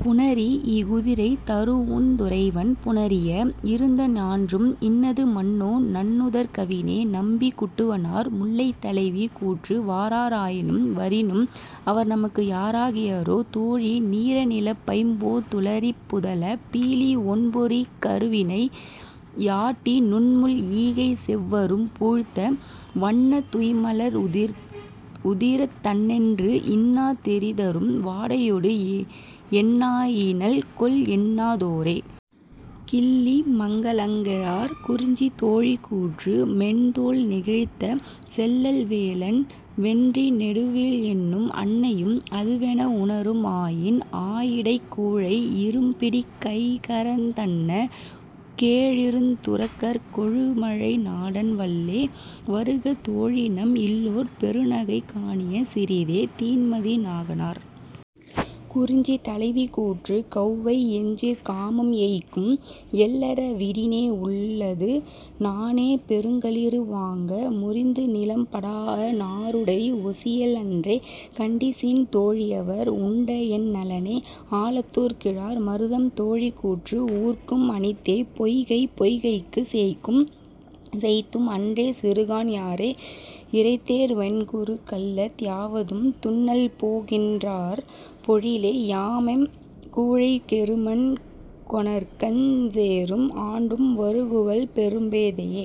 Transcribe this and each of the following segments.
புணரி இகுதிரை தரூஉந் துறைவன் புணரிய இருந்த ஞான்றும் இன்னது மன்னோ நன்னுதற் கவினே. -நம்பி குட்டுவனார்.. முல்லை தலைவி கூற்று வாரா ராயினும் வரினும் அவர்நமக்கு யாரா கியரோ தோழி நீர நீலப் பைம்போ துளரிப் புதல பீலி ஒண்பொறிக் கருவிளை யாட்டி நுண்முள் ஈங்கைச் செவ்வரும் பூழ்த்த வண்ணத் துய்ம்மலர் உதிரத் தண்ணென்று இன்னா தெறிதரும் வாடையொடு என்னா யினள்கொல் என்னா தோரே. -கிள்ளிமங்கலங்கிழார்.. குறிஞ்சி தோழி கூற்று மென்தோள் நெகிழ்த்த செல்லல் வேலன் வென்றி நெடுவேள் என்னும் அன்னையும் அதுவென உணரும் ஆயின் ஆயிடைக் கூழை இரும்பிடிக் கைகரந் தன்ன கேழிருந் துறுகற் கெழுமலை நாடன் வல்லே வருக தோழிநம் இல்லோர் பெருநகை காணிய சிறிதே. -தீன்மதி நாகனார்.. குறிஞ்சி தலைவி கூற்று கௌவை யஞ்சிற் காமம் எய்க்கும் எள்ளற விடினே உள்ளது நாணே பெருங்களிறு வாங்க முரிந்துநிலம் படாஅ நாருடை ஒசியல் அற்றே கண்டிசின் தோழியவர் உண்டஎன் நலனே. -ஆலத்தூர் கிழார்.. மருதம் தோழி கூற்று ஊர்க்கும் அணித்தே பொய்கை பொய்கைக்குச் சேய்த்தும் அன்றே சிறுகான் யாறே இரைதேர் வெண்குரு கல்ல தியாவதும் துன்னல்போ கின்றாற் பொழிலே யாமெம் கூழைக் கெருமண் கொணர்கஞ் சேறும் ஆண்டும் வருகுவள் பெரும்பே தையே.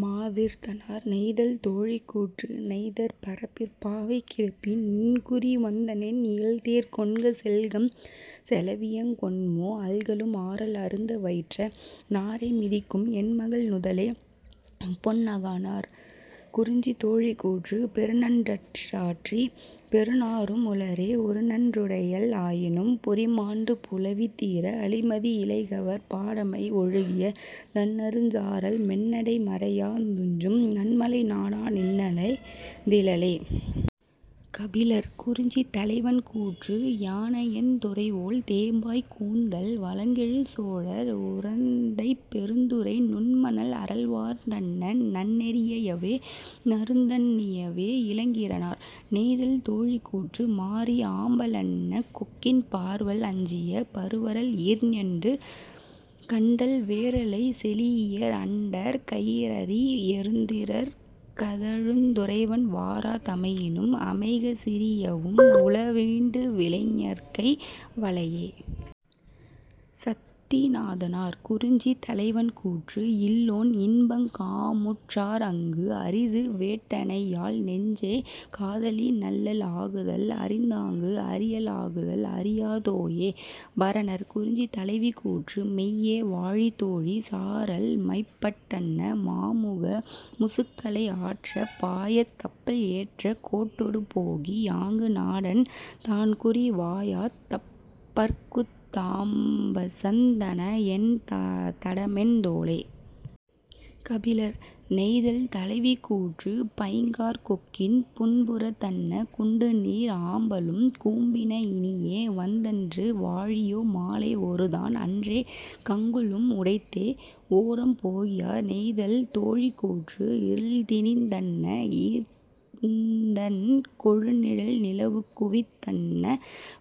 -மாதீர்த்தனார்.. நெய்தல் தோழி கூற்று நெய்தற் பரப்பிற் பாவை கிடப்பி நின்குறி வந்தனென் இயல்தேர்க் கொண்க செல்கம் செலவியங் கொண்மோ அல்கலும் ஆரல் அருந்த வயிற்ற நாரை மிதிக்கும் என்மகள் நுதலே. -பொன்னாகனார்.. குறிஞ்சி தோழி கூற்று பெருநன் றாற்றிற் பேணாரும் உளரே ஒருநன் றுடையள் ஆயினும் புரிமாண்டு புலவி தீர அளிமதி இலைகவர் பாடமை ஒழுகிய தண்ணறுஞ் சாரல் மென்னடை மரையா துஞ்சும் நன்மலை நாட நின்னல திலளே. -கபிலர்.. குறிஞ்சி தலைவன் கூற்று யானயந் துறைவோள் தேம்பாய் கூந்தல் வளங்கெழு சோழர் உறந்தைப் பெருந்துறை நுண்மணல் அறல்வார்ந் தன்ன நன்னெறி யவ்வே நறுந்தண் ணியவே. -இளங்கீரனார்.. நெய்தல் தோழி கூற்று மாரி ஆம்ப லன்ன கொக்கின் பார்வல் அஞ்சிய பருவரல் ஈர்ஞெண்டு கண்டல் வேரளைச் செலீஇயர் அண்டர் கயிறரி யெருத்திற் கதழுந் துறைவன் வாரா தமையினும் அமைக சிறியவும் உளவீண்டு விலைஞர்கை வளையே. -சத்திநாதனார்.. குறிஞ்சி தலைவன் கூற்று இல்லோன் இன்பங் காமுற் றாஅங்கு அரிதுவேட் டனையால் நெஞ்சே காதலி நல்லள் ஆகுதல் அறிந்தாங்கு அரியள் ஆகுதல் அறியா தோயே. -பரணர்.. குறிஞ்சி தலைவி கூற்று மெய்யே வாழி தோழி சாரல் மைபட் டன்ன மாமுக முசுக்கலை ஆற்றப் பாயாத் தப்பல் ஏற்ற கோட்டொடு போகி யாங்கு நாடன் தான்குறி வாயாத் தப்பற்குத் தாம்பசந் தனஎன் தடமென் தோளே. -கபிலர்.. நெய்தல் தலைவி கூற்று பைங்காற் கொக்கின் புன்புறத் தன்ன குண்டுநீர் ஆம்பலும் கூம்பின இனியே வந்தன்று வாழியோ மாலை ஒருதான் அன்றே கங்குலும் உடைத்தே. -ஓரம் போகியார்.. நெய்தல் தோழி கூற்று இருள்திணிந் தன்ன ஈர்ந்தண் கொழுநிழல் நிலவுக்குவித் தன்ன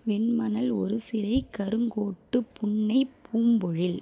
வெண்மணல் ஒருசிறைக் கருங்கோட்டுப் புன்னைப் பூம்பொழில்